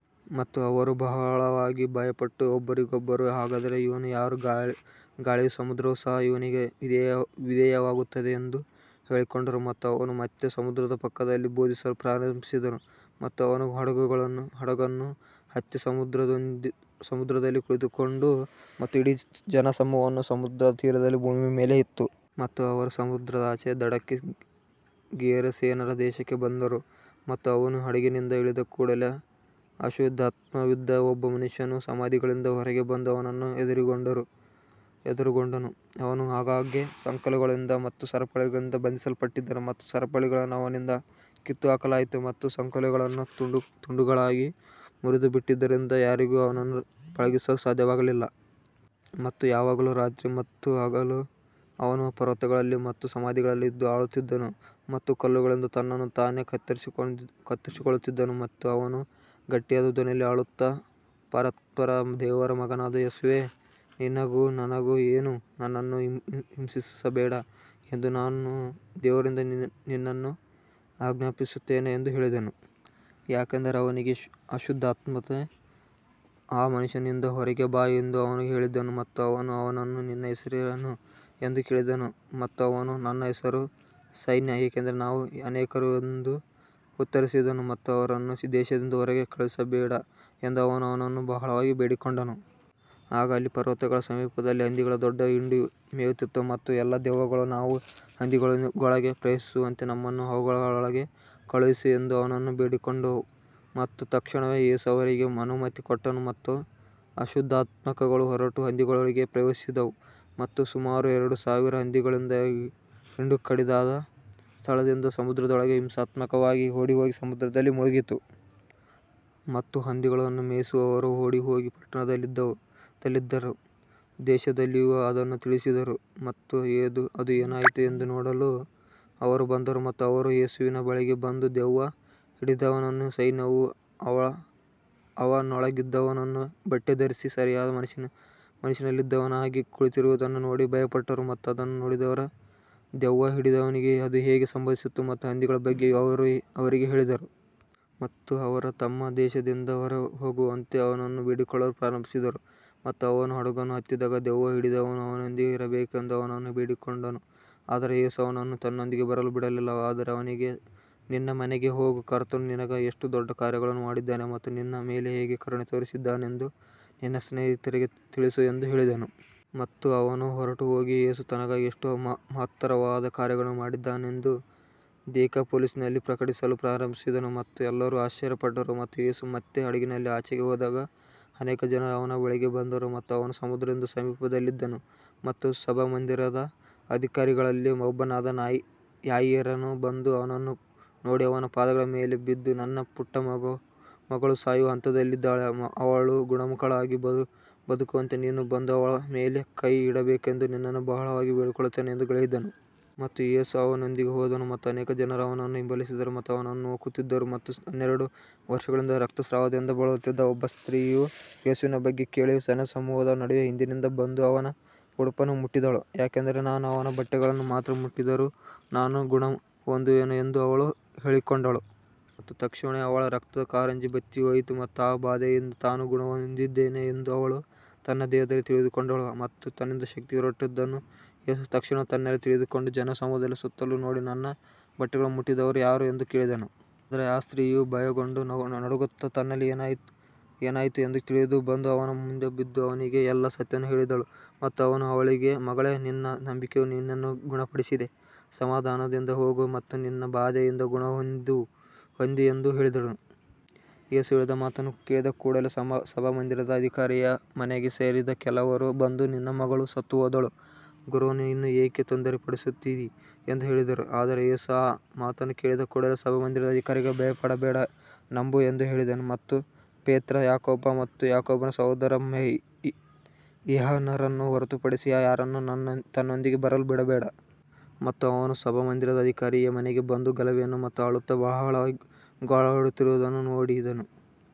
ಮತ್ತು ಅವರು ಬಹಳವಾಗಿ ಭಯಪಟ್ಟು ಒಬ್ಬರಿಗೊಬ್ಬರು, ಹಾಗಾದರೆ ಇವನು ಯಾರು, ಗಾಳಿಯೂ ಸಮುದ್ರವೂ ಸಹ ಇವನಿಗೆ ವಿಧೇಯವಾಗುತ್ತವೆ ಎಂದು ಹೇಳಿಕೊಂಡರು. ಮತ್ತು ಅವನು ಮತ್ತೆ ಸಮುದ್ರದ ಪಕ್ಕದಲ್ಲಿ ಬೋಧಿಸಲು ಪ್ರಾರಂಭಿಸಿದನು ಮತ್ತು ಅವನು ಹಡಗನ್ನು ಹತ್ತಿ ಸಮುದ್ರದಲ್ಲಿ ಕುಳಿತುಕೊಂಡನು ಮತ್ತು ಇಡೀ ಜನಸಮೂಹವು ಸಮುದ್ರದ ತೀರದಲ್ಲಿ ಭೂಮಿಯ ಮೇಲೆ ಇತ್ತು. ಮತ್ತು ಅವರು ಸಮುದ್ರದ ಆಚೆಯ ದಡಕ್ಕೆ, ಗೆರಸೇನರ ದೇಶಕ್ಕೆ ಬಂದರು. ಮತ್ತು ಅವನು ಹಡಗಿನಿಂದ ಇಳಿದ ಕೂಡಲೆ ಅಶುದ್ಧಾತ್ಮವಿದ್ದ ಒಬ್ಬ ಮನುಷ್ಯನು ಸಮಾಧಿಗಳಿಂದ ಹೊರಗೆ ಬಂದು ಅವನನ್ನು ಎದುರುಗೊಂಡನು. ಅವನು ಆಗಾಗ್ಗೆ ಸಂಕೋಲೆಗಳಿಂದ ಮತ್ತು ಸರಪಳಿಗಳಿಂದ ಬಂಧಿಸಲ್ಪಟ್ಟಿದ್ದನು ಮತ್ತು ಸರಪಳಿಗಳನ್ನು ಅವನಿಂದ ಕಿತ್ತುಹಾಕಲಾಗಿತ್ತು ಮತ್ತು ಸಂಕೋಲೆಗಳನ್ನು ತುಂಡುಗಳಾಗಿ ಮುರಿದುಬಿಟ್ಟಿದ್ದರಿಂದ ಯಾರಿಗೂ ಅವನನ್ನು ಪಳಗಿಸಲು ಸಾಧ್ಯವಾಗಲಿಲ್ಲ. ಮತ್ತು ಯಾವಾಗಲೂ ರಾತ್ರಿ ಮತ್ತು ಹಗಲು ಅವನು ಪರ್ವತಗಳಲ್ಲಿ ಮತ್ತು ಸಮಾಧಿಗಳಲ್ಲಿ ಇದ್ದು ಅಳುತ್ತಿದ್ದನು ಮತ್ತು ಕಲ್ಲುಗಳಿಂದ ತನ್ನನ್ನು ತಾನೇ ಕತ್ತರಿಸಿಕೊಳ್ಳುತ್ತಿದ್ದನು. ಮತ್ತು ಅವನು ಗಟ್ಟಿಯಾದ ಧ್ವನಿಯಲ್ಲಿ ಅಳುತ್ತಾ, ಪರಾತ್ಪರ ದೇವರ ಮಗನಾದ ಯೇಸುವೇ, ನಿನಗೂ ನನಗೂ ಏನು, ನನ್ನನ್ನು ಹಿಂಸಿಸಬೇಡ ಎಂದು ನಾನು ದೇವರಿಂದ ನಿನ್ನನ್ನು ಆಜ್ಞಾಪಿಸುತ್ತೇನೆ ಎಂದು ಹೇಳಿದನು. ಯಾಕಂದರೆ ಅವನಿಗೆ, ಅಶುದ್ಧಾತ್ಮನೇ, ಆ ಮನುಷ್ಯನಿಂದ ಹೊರಗೆ ಬಾ ಎಂದು ಅವನು ಹೇಳಿದ್ದನು. ಮತ್ತು ಅವನು ಅವನನ್ನು, ನಿನ್ನ ಹೆಸರೇನು ಎಂದು ಕೇಳಿದನು ಮತ್ತು ಅವನು, ನನ್ನ ಹೆಸರು ಸೈನ್ಯ, ಏಕೆಂದರೆ ನಾವು ಅನೇಕರು ಎಂದು ಉತ್ತರಿಸಿದನು. ಮತ್ತು ಅವರನ್ನು ದೇಶದಿಂದ ಹೊರಗೆ ಕಳುಹಿಸಬೇಡ ಎಂದು ಅವನು ಅವನನ್ನು ಬಹಳವಾಗಿ ಬೇಡಿಕೊಂಡನು. ಈಗ ಅಲ್ಲಿ ಪರ್ವತಗಳ ಸಮೀಪದಲ್ಲಿ ಹಂದಿಗಳ ದೊಡ್ಡ ಹಿಂಡು ಮೇಯುತ್ತಿತ್ತು. ಮತ್ತು ಎಲ್ಲಾ ದೆವ್ವಗಳು, ನಾವು ಹಂದಿಗಳೊಳಗೆ ಪ್ರವೇಶಿಸುವಂತೆ ನಮ್ಮನ್ನು ಅವುಗಳೊಳಗೆ ಕಳುಹಿಸು ಎಂದು ಅವನನ್ನು ಬೇಡಿಕೊಂಡವು. ಮತ್ತು ತಕ್ಷಣವೇ ಯೇಸು ಅವರಿಗೆ ಅನುಮತಿ ಕೊಟ್ಟನು ಮತ್ತು ಅಶುದ್ಧಾತ್ಮಗಳು ಹೊರಟು ಹಂದಿಗಳೊಳಗೆ ಪ್ರವೇಶಿಸಿದವು ಮತ್ತು ಸುಮಾರು ಎರಡು ಸಾವಿರ ಹಂದಿಗಳಿದ್ದ ಹಿಂಡು ಕಡಿದಾದ ಸ್ಥಳದಿಂದ ಸಮುದ್ರದೊಳಗೆ ಹಿಂಸಾತ್ಮಕವಾಗಿ ಓಡಿಹೋಗಿ ಸಮುದ್ರದಲ್ಲಿ ಮುಳುಗಿತು. ಮತ್ತು ಹಂದಿಗಳನ್ನು ಮೇಯಿಸುವವರು ಓಡಿಹೋಗಿ ಪಟ್ಟಣದಲ್ಲಿಯೂ ದೇಶದಲ್ಲಿಯೂ ಅದನ್ನು ತಿಳಿಸಿದರು ಮತ್ತು ಅದು ಏನಾಯಿತು ಎಂದು ನೋಡಲು ಅವರು ಬಂದರು. ಮತ್ತು ಅವರು ಯೇಸುವಿನ ಬಳಿಗೆ ಬಂದು ದೆವ್ವ ಹಿಡಿದಿದ್ದವನನ್ನು, ಸೈನ್ಯವು ಅವನೊಳಗಿದ್ದವನನ್ನು, ಬಟ್ಟೆ ಧರಿಸಿ ಸರಿಯಾದ ಮನಸ್ಸಿನಲ್ಲಿದ್ದವನಾಗಿ ಕುಳಿತಿರುವುದನ್ನು ನೋಡಿ ಭಯಪಟ್ಟರು. ಮತ್ತು ಅದನ್ನು ನೋಡಿದವರು ದೆವ್ವ ಹಿಡಿದವನಿಗೆ ಅದು ಹೇಗೆ ಸಂಭವಿಸಿತು ಮತ್ತು ಹಂದಿಗಳ ಬಗ್ಗೆ ಅವರಿಗೆ ಹೇಳಿದರು. ಮತ್ತು ಅವರು ತಮ್ಮ ದೇಶದಿಂದ ಹೊರಹೋಗುವಂತೆ ಅವನನ್ನು ಬೇಡಿಕೊಳ್ಳಲು ಪ್ರಾರಂಭಿಸಿದರು. ಮತ್ತು ಅವನು ಹಡಗನ್ನು ಹತ್ತಿದಾಗ ದೆವ್ವ ಹಿಡಿದವನು ಅವನೊಂದಿಗೆ ಇರಬೇಕೆಂದು ಅವನನ್ನು ಬೇಡಿಕೊಂಡನು. ಆದರೆ ಯೇಸು ಅವನನ್ನು ತನ್ನೊಂದಿಗೆ ಬರಲು ಬಿಡಲಿಲ್ಲ, ಆದರೆ ಅವನಿಗೆ, ನಿನ್ನ ಮನೆಗೆ ಹೋಗು, ಕರ್ತನು ನಿನಗಾಗಿ ಎಷ್ಟು ದೊಡ್ಡ ಕಾರ್ಯಗಳನ್ನು ಮಾಡಿದ್ದಾನೆ ಮತ್ತು ನಿನ್ನ ಮೇಲೆ ಹೇಗೆ ಕರುಣೆ ತೋರಿಸಿದ್ದಾನೆಂದು ನಿನ್ನ ಸ್ನೇಹಿತರಿಗೆ ತಿಳಿಸು ಎಂದು ಹೇಳಿದನು. ಮತ್ತು ಅವನು ಹೊರಟುಹೋಗಿ ಯೇಸು ತನಗಾಗಿ ಎಷ್ಟು ಮಹತ್ತರವಾದ ಕಾರ್ಯಗಳನ್ನು ಮಾಡಿದನೆಂದು ದೆಕಾಪೊಲಿಸ್‌ನಲ್ಲಿ ಪ್ರಕಟಿಸಲು ಪ್ರಾರಂಭಿಸಿದನು ಮತ್ತು ಎಲ್ಲರೂ ಆಶ್ಚರ್ಯಪಟ್ಟರು. ಮತ್ತು ಯೇಸು ಮತ್ತೆ ಹಡಗಿನಲ್ಲಿ ಆಚೆಗೆ ಹೋದಾಗ ಅನೇಕ ಜನರು ಅವನ ಬಳಿಗೆ ಬಂದರು ಮತ್ತು ಅವನು ಸಮುದ್ರದ ಸಮೀಪದಲ್ಲಿದ್ದನು. ಮತ್ತು ಸಭಾಮಂದಿರದ ಅಧಿಕಾರಿಗಳಲ್ಲಿ ಒಬ್ಬನಾದ ಯಾಯೀರನು ಬಂದು ಅವನನ್ನು ನೋಡಿ ಅವನ ಪಾದಗಳ ಮೇಲೆ ಬಿದ್ದು, ನನ್ನ ಪುಟ್ಟ ಮಗಳು ಸಾಯುವ ಹಂತದಲ್ಲಿದ್ದಾಳೆ, ಅವಳು ಗುಣಮುಖಳಾಗಿ ಬದುಕುವಂತೆ ನೀನು ಬಂದು ಅವಳ ಮೇಲೆ ಕೈ ಇಡಬೇಕೆಂದು ನಿನ್ನನ್ನು ಬಹಳವಾಗಿ ಬೇಡಿಕೊಳ್ಳುತ್ತೇನೆ ಎಂದು ಹೇಳಿದನು. ಮತ್ತು ಯೇಸು ಅವನೊಂದಿಗೆ ಹೋದನು ಮತ್ತು ಅನೇಕ ಜನರು ಅವನನ್ನು ಹಿಂಬಾಲಿಸಿದರು ಮತ್ತು ಅವನನ್ನು ನೂಕುತ್ತಿದ್ದರು. ಮತ್ತು ಹನ್ನೆರಡು ವರ್ಷಗಳಿಂದ ರಕ್ತಸ್ರಾವದಿಂದ ಬಳಲುತ್ತಿದ್ದ ಒಬ್ಬ ಸ್ತ್ರೀಯು, ಯೇಸುವಿನ ಬಗ್ಗೆ ಕೇಳಿ, ಜನಸಮೂಹದ ನಡುವೆ ಹಿಂದಿನಿಂದ ಬಂದು ಅವನ ಉಡುಪನ್ನು ಮುಟ್ಟಿದಳು. ಯಾಕಂದರೆ, ನಾನು ಅವನ ಬಟ್ಟೆಗಳನ್ನು ಮಾತ್ರ ಮುಟ್ಟಿದರೂ ನಾನು ಗುಣಹೊಂದುವೆನು ಎಂದು ಅವಳು ಹೇಳಿಕೊಂಡಳು. ಮತ್ತು ತಕ್ಷಣವೇ ಅವಳ ರಕ್ತದ ಕಾರಂಜಿ ಬತ್ತಿಹೋಯಿತು ಮತ್ತು ಆ ಬಾಧೆಯಿಂದ ತಾನು ಗುಣಹೊಂದಿದ್ದೇನೆ ಎಂದು ಅವಳು ತನ್ನ ದೇಹದಲ್ಲಿ ತಿಳಿದುಕೊಂಡಳು. ಮತ್ತು ತನ್ನಿಂದ ಶಕ್ತಿ ಹೊರಟದ್ದನ್ನು ಯೇಸು ತಕ್ಷಣವೇ ತನ್ನಲ್ಲಿ ತಿಳಿದುಕೊಂಡು ಜನಸಮೂಹದಲ್ಲಿ ಸುತ್ತಲೂ ನೋಡಿ, ನನ್ನ ಬಟ್ಟೆಗಳನ್ನು ಮುಟ್ಟಿದವರು ಯಾರು ಎಂದು ಕೇಳಿದನು. ಆದರೆ ಆ ಸ್ತ್ರೀಯು ಭಯಗೊಂಡು ನಡುಗುತ್ತಾ, ತನ್ನಲ್ಲಿ ಏನಾಯಿತು ಎಂದು ತಿಳಿದು, ಬಂದು ಅವನ ಮುಂದೆ ಬಿದ್ದು ಅವನಿಗೆ ಎಲ್ಲಾ ಸತ್ಯವನ್ನು ಹೇಳಿದಳು. ಮತ್ತು ಅವನು ಅವಳಿಗೆ, ಮಗಳೇ, ನಿನ್ನ ನಂಬಿಕೆಯು ನಿನ್ನನ್ನು ಗುಣಪಡಿಸಿದೆ, ಸಮಾಧಾನದಿಂದ ಹೋಗು ಮತ್ತು ನಿನ್ನ ಬಾಧೆಯಿಂದ ಗುಣಹೊಂದಿ ಎಂದು ಹೇಳಿದನು. ಯೇಸು ಹೇಳಿದ ಮಾತನ್ನು ಕೇಳಿದ ಕೂಡಲೆ ಸಭಾಮಂದಿರದ ಅಧಿಕಾರಿಯ ಮನೆಗೆ ಸೇರಿದ ಕೆಲವರು ಬಂದು, ನಿನ್ನ ಮಗಳು ಸತ್ತುಹೋದಳು, ಗುರುವನ್ನು ಇನ್ನು ಏಕೆ ತೊಂದರೆಪಡಿಸುತ್ತೀ ಎಂದು ಹೇಳಿದರು. ಆದರೆ ಯೇಸು ಆ ಮಾತನ್ನು ಕೇಳಿದ ಕೂಡಲೆ ಸಭಾಮಂದಿರದ ಅಧಿಕಾರಿಗೆ, ಭಯಪಡಬೇಡ, ನಂಬು ಎಂದು ಹೇಳಿದನು. ಮತ್ತು ಪೇತ್ರ, ಯಾಕೋಬ ಮತ್ತು ಯಾಕೋಬನ ಸಹೋದರ ಯೋಹಾನರನ್ನು ಹೊರತುಪಡಿಸಿ ಯಾರನ್ನೂ ತನ್ನೊಂದಿಗೆ ಬರಲು ಬಿಡಬೇಡ. ಮತ್ತು ಅವನು ಸಭಾಮಂದಿರದ ಅಧಿಕಾರಿಯ ಮನೆಗೆ ಬಂದು ಗಲಭೆಯನ್ನು ಮತ್ತು ಅಳುತ್ತಾ ಬಹಳವಾಗಿ ಗೋಳಾಡುತ್ತಿದ್ದವರನ್ನು ನೋಡಿದನ್ನು.